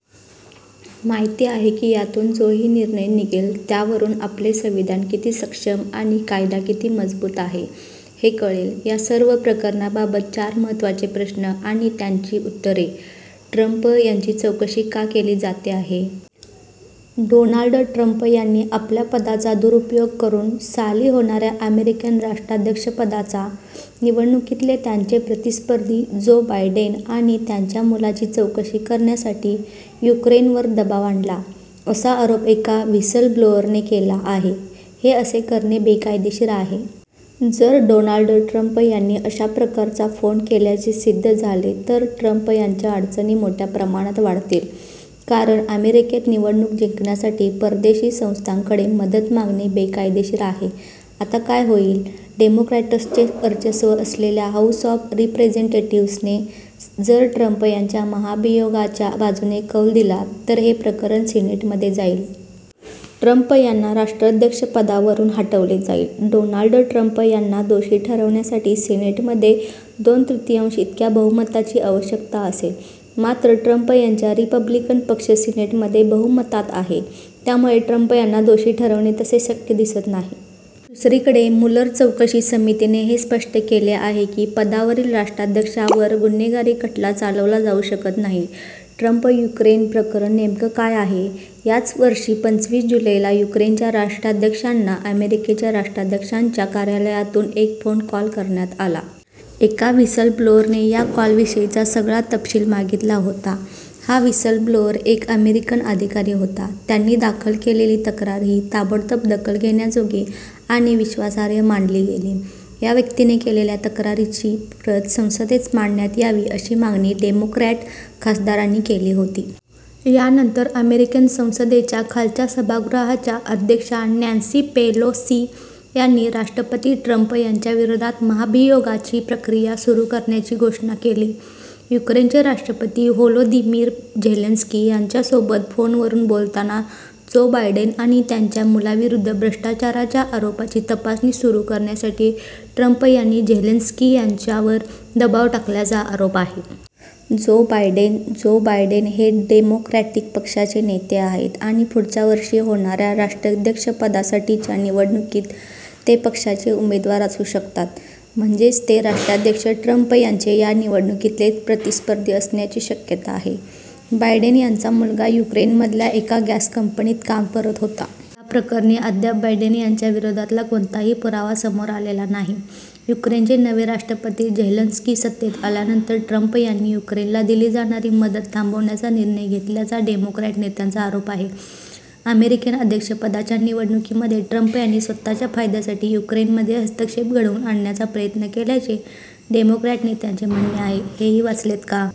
माहिती आहे की यातून जोही निर्णय निघेल, त्यावरून आपले संविधान किती सक्षम आणि कायदा किती मजबूत आहे, हे कळेल. या सर्व प्रकरणाबाबत चार महत्त्वाचे प्रश्न आणि त्यांची उत्तरे: ट्रम्प यांची चौकशी का केली जाते आहे? डोनाल्ड ट्रम्प यांनी आपल्या पदाचा दुरुपयोग करून, साली होणाऱ्या अमेरिकन राष्ट्राध्यक्षपदाच्या निवडणुकीतले त्यांचे प्रतिस्पर्धी जो बायडेन आणि त्यांच्या मुलाची चौकशी करण्यासाठी युक्रेनवर दबाव आणला, असा आरोप एका व्हिसलब्लोअरने केला आहे. हे असे करणे बेकायदेशीर आहे? जर डोनाल्ड ट्रम्प यांनी अशा प्रकारचा फोन केल्याचे सिद्ध झाले तर ट्रम्प यांच्या अडचणी मोठ्या प्रमाणात वाढतील. कारण अमेरिकेत निवडणूक जिंकण्यासाठी परदेशी संस्थांकडे मदत मागणे बेकायदेशीर आहे. आता काय होईल? डेमोक्रॅट्सचे वर्चस्व असलेल्या हाऊस ऑफ रिप्रेझेंटेटिव्ह्सने जर ट्रम्प यांच्या महाभियोगाच्या बाजूने कौल दिला, तर हे प्रकरण सिनेटमध्ये जाईल. ट्रम्प यांना राष्ट्राध्यक्षपदावरून हटवले जाईल? डोनाल्ड ट्रम्प यांना दोषी ठरवण्यासाठी सिनेटमध्ये दोन तृतीयांश इतक्या बहुमताची आवश्यकता असेल. मात्र ट्रम्प यांचा रिपब्लिकन पक्ष सिनेटमध्ये बहुमतात आहे. त्यामुळे ट्रम्प यांना दोषी ठरवणे तसे शक्य दिसत नाही. दुसरीकडे, मुलर चौकशी समितीने हे स्पष्ट केले आहे की, पदावरील राष्ट्राध्यक्षावर गुन्हेगारी खटला चालवला जाऊ शकत नाही. ट्रम्प-युक्रेन प्रकरण नेमकं काय आहे? याच वर्षी पंचवीस जुलैला युक्रेनच्या राष्ट्राध्यक्षांना अमेरिकेच्या राष्ट्राध्यक्षांच्या कार्यालयातून एक फोन कॉल करण्यात आला. एका व्हिसलब्लोअरने या कॉलविषयीचा सगळा तपशील मागितला होता. हा व्हिसलब्लोअर एक अमेरिकन अधिकारी होता. त्यांनी दाखल केलेली तक्रार ही 'ताबडतोब दखल घेण्याजोगी' आणि विश्वासार्ह मानली गेली. या व्यक्तीने केलेल्या तक्रारीची प्रत संसदेत मांडण्यात यावी अशी मागणी डेमोक्रॅट खासदारांनी केली होती. यानंतर अमेरिकन संसदेच्या खालच्या सभागृहाच्या अध्यक्षा नॅन्सी पेलोसी यांनी राष्ट्रपती ट्रम्प यांच्याविरोधात महाभियोगाची प्रक्रिया सुरू करण्याची घोषणा केली. युक्रेनचे राष्ट्रपती व्होलोदिमीर झेलेन्स्की यांच्यासोबत फोनवरून बोलताना जो बायडेन आणि त्यांच्या मुलाविरुद्ध भ्रष्टाचाराच्या आरोपांची तपासणी सुरू करण्यासाठी ट्रम्प यांनी झेलेन्स्की यांच्यावर दबाव टाकल्याचा आरोप आहे. जो बायडेन - जो बायडेन हे डेमोक्रॅटिक पक्षाचे नेते आहेत आणि पुढच्या वर्षी होणाऱ्या राष्ट्राध्यक्षपदासाठीच्या निवडणुकीत ते पक्षाचे उमेदवार असू शकतात. म्हणजेच ते राष्ट्राध्यक्ष ट्रम्प यांचे या निवडणुकीतले प्रतिस्पर्धी असण्याची शक्यता आहे. बायडेन यांचा मुलगा युक्रेनमधल्या एका गॅस कंपनीत काम करत होता. याप्रकरणी अद्याप बायडेन यांच्या विरोधातला कोणताही पुरावा समोर आलेला नाही. युक्रेनचे नवे राष्ट्रपती झेलेन्स्की सत्तेत आल्यानंतर ट्रम्प यांनी युक्रेनला दिली जाणारी मदत थांबवण्याचा निर्णय घेतल्याचा डेमोक्रॅट नेत्यांचा आरोप आहे. अमेरिकन अध्यक्षपदाच्या निवडणुकीमध्ये ट्रम्प यांनी स्वतःच्या फायद्यासाठी युक्रेनमध्ये हस्तक्षेप घडवून आणण्याचा प्रयत्न केल्याचे डेमोक्रॅट नेत्यांचे म्हणणे आहे. हेही वाचलेत का?